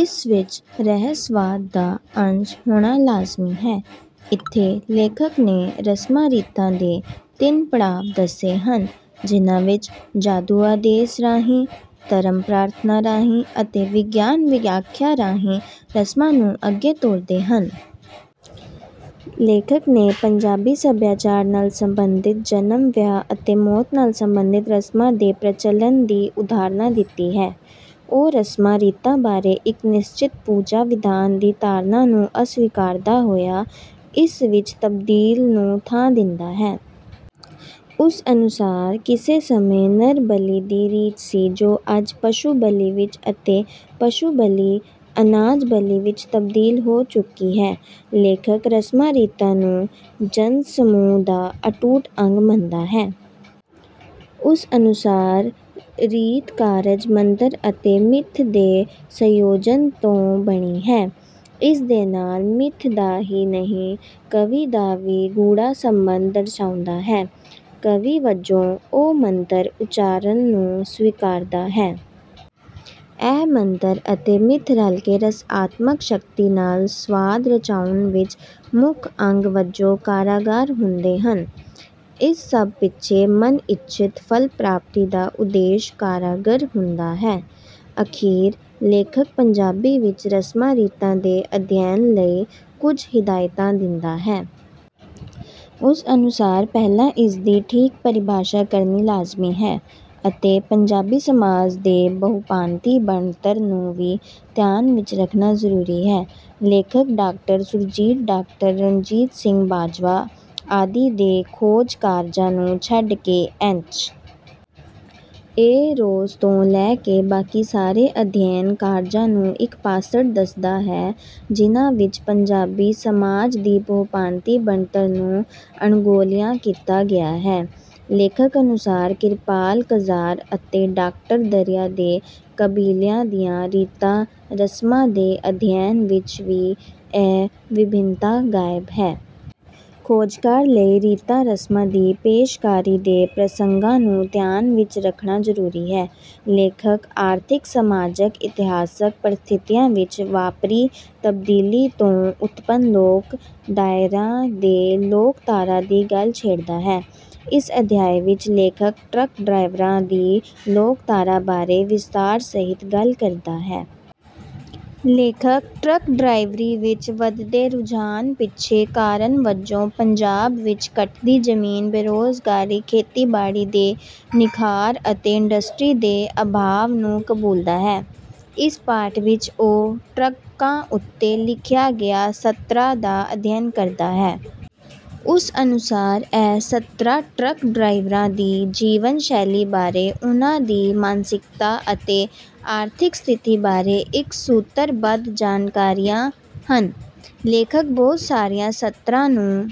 ਇਸ ਵਿੱਚ ਰਹੱਸਵਾਦ ਦਾ ਅੰਸ਼ ਹੋਣਾ ਲਾਜ਼ਮੀ ਹੈ। ਇੱਥੇ ਲੇਖਕ ਨੇ ਰਸਮਾਂ ਰੀਤਾਂ ਦੇ ਤਿੰਨ ਪੜਾਅ ਦੱਸੇ ਹਨ ਜਿਨ੍ਹਾਂ ਵਿੱਚ ਜਾਦੂ ਆਦੇਸ਼ ਰਾਹੀਂ ਧਰਮ ਪ੍ਰਾਰਥਨਾ ਰਾਹੀਂ ਅਤੇ ਵਿਗਿਆਨ ਵਿਆਖਿਆ ਰਾਹੀਂ ਰਸਮ ਨੂੰ ਅੱਗੇ ਤੋਰਦੇ ਹਨ। ਲੇਖਕ ਨੇ ਪੰਜਾਬੀ ਸੱਭਿਆਚਾਰ ਨਾਲ ਸੰਬੰਧਿਤ ਜਨਮ ਵਿਆਹ ਅਤੇ ਮੌਤ ਨਾਲ ਸਬੰਧਿਤ ਰਸਮਾਂ ਦੇ ਪ੍ਰਚਲਨ ਦੀ ਉਦਾਹਰਨ ਦਿੱਤੀ ਹੈ। ਉਹ ਰਸਮਾਂ ਰੀਤਾਂ ਬਾਰੇ ਇੱਕ ਨਿਸ਼ਚਿਤ ਪੂਜਾ ਵਿਧਾਨ ਦੀ ਧਾਰਨਾ ਨੂੰ ਅਸਵੀਕਾਰਦਾ ਹੋਇਆ ਇਸ ਵਿੱਚ ਤਬਦੀਲੀ ਨੂੰ ਥਾਂ ਦਿੰਦਾ ਹੈ। ਉਸ ਅਨੁਸਾਰ ਕਿਸੇ ਸਮੇਂ ਨਰ ਬਲੀ ਦੀ ਰੀਤ ਸੀ ਜੋ ਅੱਜ ਪਸ਼ੂ ਬਲੀ ਵਿੱਚ ਅਤੇ ਪਸ਼ੂ ਬਲੀ ਅਨਾਜ ਬਲੀ ਵਿੱਚ ਤਬਦੀਲ ਹੋ ਚੁੱਕੀ ਹੈ। ਲੇਖਕ ਰਸਮਾਂ ਰੀਤਾਂ ਨੂੰ ਜਨਸਮੂਹ ਦਾ ਅਟੁੱਟ ਅੰਗ ਮੰਨਦਾ ਹੈ। ਉਸ ਅਨੁਸਾਰ ਰੀਤ ਕਾਰਜ ਮੰਤਰ ਅਤੇ ਮਿੱਥ ਦੇ ਸੰਯੋਜਨ ਤੋਂ ਬਣੀ ਹੈ। ਇਸ ਦੇ ਨਾਲ ਮਿੱਥ ਦਾ ਹੀ ਨਹੀਂ ਕਵੀ ਦਾ ਵੀ ਗੂੜ੍ਹਾ ਸੰਬੰਧ ਦਰਸਾਉਂਦਾ ਹੈ। ਕਵੀ ਵਜੋਂ ਉਹ ਮੰਤਰ ਉਚਾਰਨ ਨੂੰ ਸਵੀਕਾਰਦਾ ਹੈ। ਇਹ ਮੰਤਰ ਅਤੇ ਮਿੱਥ ਰਲਕੇ ਰਹੱਸਾਤਮਕ ਸ਼ਕਤੀ ਨਾਲ ਸੰਵਾਦ ਰਚਾਉਣ ਵਿੱਚ ਮੁੱਖ ਅੰਗ ਵਜੋਂ ਕਾਰਗਾਰ ਹੁੰਦੇ ਹਨ। ਇਸ ਸਭ ਪਿੱਛੇ ਮਨਇੱਛਤ ਫਲ ਪ੍ਰਾਪਤੀ ਦਾ ਉਦੇਸ਼ ਕਾਰਗਰ ਹੁੰਦਾ ਹੈ। ਅਖੀਰ ਲੇਖਕ ਪੰਜਾਬੀ ਵਿੱਚ ਰਸਮਾਂ ਰੀਤਾਂ ਦੇ ਅਧਿਐਨ ਲਈ ਕੁਝ ਹਿਦਾਇਤਾਂ ਦਿੰਦਾ ਹੈ। ਉਸ ਅਨੁਸਾਰ ਪਹਿਲਾਂ ਇਸ ਦੀ ਠੀਕ ਪਰਿਭਾਸ਼ਾ ਕਰਨੀ ਲਾਜ਼ਮੀ ਹੈ ਅਤੇ ਪੰਜਾਬੀ ਸਮਾਜ ਦੇ ਬਹੁਭਾਂਤੀ ਬਣਤਰ ਨੂੰ ਵੀ ਧਿਆਨ ਵਿੱਚ ਰੱਖਣਾ ਜ਼ਰੂਰੀ ਹੈ। ਲੇਖਕ ਡਾਕਟਰ ਸੁਰਜੀਤ ਡਾਕਟਰ ਰਣਜੀਤ ਸਿੰਘ ਬਾਜਵਾ ਆਦਿ ਦੇ ਖੋਜ ਕਾਰਜਾਂ ਨੂੰ ਛੱਡਕੇ ਐੱਚ. ਏ. ਰੋਜ਼ ਤੋਂ ਲੈਕੇ ਬਾਕੀ ਸਾਰੇ ਅਧਿਐਨ ਕਾਰਜਾਂ ਨੂੰ ਇੱਕ ਪਾਸੜ ਦੱਸਦਾ ਹੈ ਜਿਨ੍ਹਾਂ ਵਿੱਚ ਪੰਜਾਬੀ ਸਮਾਜ ਦੀ ਬਹੁਭਾਂਤੀ ਬਣਤਰ ਨੂੰ ਅਣਗੌਲਿਆ ਕੀਤਾ ਗਿਆ ਹੈ। ਲੇਖਕ ਅਨੁਸਾਰ ਕਿਰਪਾਲ ਕਜ਼ਾਕ ਅਤੇ ਡਾਕਟਰ ਦਰਿਆ ਦੇ ਕਬੀਲਿਆਂ ਦੀਆਂ ਰੀਤਾਂ ਰਸਮਾਂ ਦੇ ਅਧਿਐਨ ਵਿੱਚ ਵੀ ਇਹ ਵਿਭਿੰਨਤਾ ਗਾਇਬ ਹੈ। ਖੋਜਕਾਰ ਲਈ ਰੀਤਾਂ ਰਸਮਾਂ ਦੀ ਪੇਸ਼ਕਾਰੀ ਦੇ ਪ੍ਰਸੰਗਾਂ ਨੂੰ ਧਿਆਨ ਵਿੱਚ ਰੱਖਣਾ ਜ਼ਰੂਰੀ ਹੈ। ਲੇਖਕ ਆਰਥਿਕ ਸਮਾਜਕ ਇਤਿਹਾਸਕ ਪਰਿਸਥਿਤੀਆਂ ਵਿੱਚ ਵਾਪਰੀ ਤਬਦੀਲੀ ਤੋਂ ਉਤਪੰਨ ਲੋਕ ਦਾਇਰਿਆਂ ਦੀ ਲੋਕਧਾਰਾ ਦੀ ਗੱਲ ਛੇੜਦਾ ਹੈ। ਇਸ ਅਧਿਆਇ ਵਿੱਚ ਲੇਖਕ ਟਰੱਕ ਡਰਾਈਵਰਾਂ ਦੀ ਲੋਕਧਾਰਾ ਬਾਰੇ ਵਿਸਤਾਰ ਸਹਿਤ ਗੱਲ ਕਰਦਾ ਹੈ। ਲੇਖਕ ਟਰੱਕ ਡਰਾਈਵਰੀ ਵਿੱਚ ਵਧਦੇ ਰੁਝਾਨ ਪਿੱਛੇ ਕਾਰਨ ਵਜੋਂ ਪੰਜਾਬ ਵਿੱਚ ਘਟਦੀ ਜ਼ਮੀਨ ਬੇਰੋਜ਼ਗਾਰੀ ਖੇਤੀਬਾੜੀ ਦੇ ਨਿਘਾਰ ਅਤੇ ਇੰਡਸਟਰੀ ਦੇ ਅਭਾਵ ਨੂੰ ਕਬੂਲਦਾ ਹੈ। ਇਸ ਪਾਠ ਵਿੱਚ ਉਹ ਟਰੱਕਾਂ ਉੱਤੇ ਲਿਖੀਆਂ ਗਈਆਂ ਸਤਰਾਂ ਦਾ ਅਧਿਐਨ ਕਰਦਾ ਹੈ। ਉਸ ਅਨੁਸਾਰ ਇਹ ਸਤਰਾਂ ਟਰੱਕ ਡਰਾਈਵਰਾਂ ਦੀ ਜੀਵਨ ਸ਼ੈਲੀ ਬਾਰੇ ਉਨ੍ਹਾਂ ਦੀ ਮਾਨਸਿਕਤਾ ਅਤੇ ਆਰਥਿਕ ਸਥਿਤੀ ਬਾਰੇ ਇੱਕ ਸੂਤਰ ਬੱਧ ਜਾਣਕਾਰੀ ਹਨ। ਲੇਖਕ ਬਹੁਤ ਸਾਰੀਆਂ ਸਤਰਾਂ ਨੂੰ